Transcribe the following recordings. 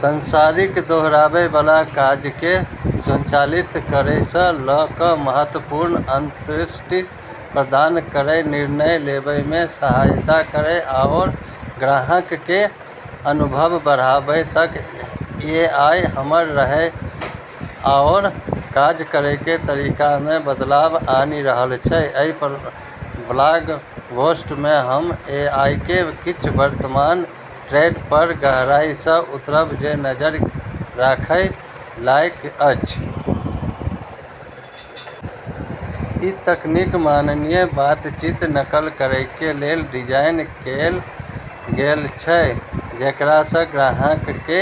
सांसारिक, दोहराबै वाला काजके स्वचालित करैसँ ल' क' महत्वपूर्ण अंतर्दृष्टि प्रदान करै, निर्णय लेबैमे सहायता करै, आओर ग्राहकके अनुभव बढ़ाबै तक, एआई हमर रहै आओर काज करैके तरीकामे बदलाव आनि रहल छै। एहि ब्लॉग पोस्ट मे हम एआईके किछ वर्तमान ट्रेंड पर गहराइसँ उतरब जे नजरि राखय लायक अछि । ई तकनीक मानवीय बातचीतके नकल करैके लेल डिजाइन कैल गेल छै, जेकरासँ ग्राहकके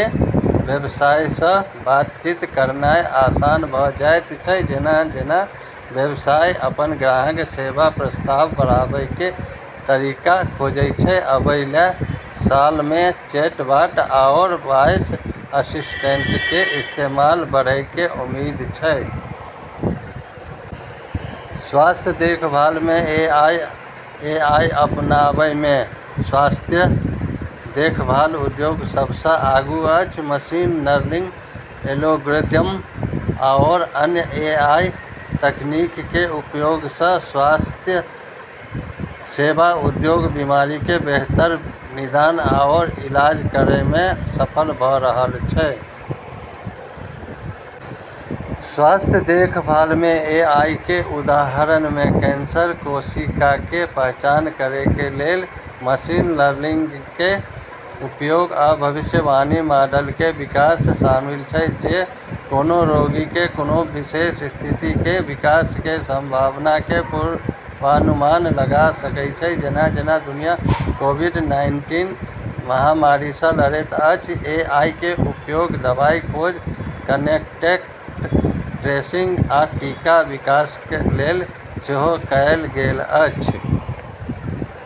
व्यवसायसँ बातचीत करनाइ आसान भ' जाइत छै । जेना -जेना व्यवसाय अपन ग्राहक सेवा प्रस्ताव बढ़ाबैके तरीका खोजै छै, आबैबला सालमे चैटबॉट आओर वॉयस असिस्टेंटके इस्तेमाल बढ़ैके उम्मीद छै। स्वास्थ्य देखभालमे एआई: एआई अपनाबैमे स्वास्थ्य देखभाल उद्योग सबसँ आगू अछि । मशीन लर्निंग एल्गोरिदम आओर अन्य एआई तकनीकके उपयोगसँ स्वास्थ्य सेवा उद्योग बीमारीके बेहतर निदान आओर इलाज करैमे सफल भ' रहल छै। स्वास्थ्य देखभालमे एआईके उदाहरणमे कैंसर कोशिकाके पहचान करैके लेल मशीन लर्निंगके उपयोग, आ भविष्यवाणी मॉडलके विकास शामिल छै जे कोनो रोगीके कोनो विशेष स्थितिके विकासके संभावनाके पूर्वानुमान लगा सकै छै । जेना-जेना दुनिया कोविड-नाइन्टीन महामारीसँ लड़ैत अछि, एआईके उपयोग दवाईके खोज, कोन्टैक्ट ट्रेसिंग, आ टीका विकासके लेल सेहो कएल गेल अछि ।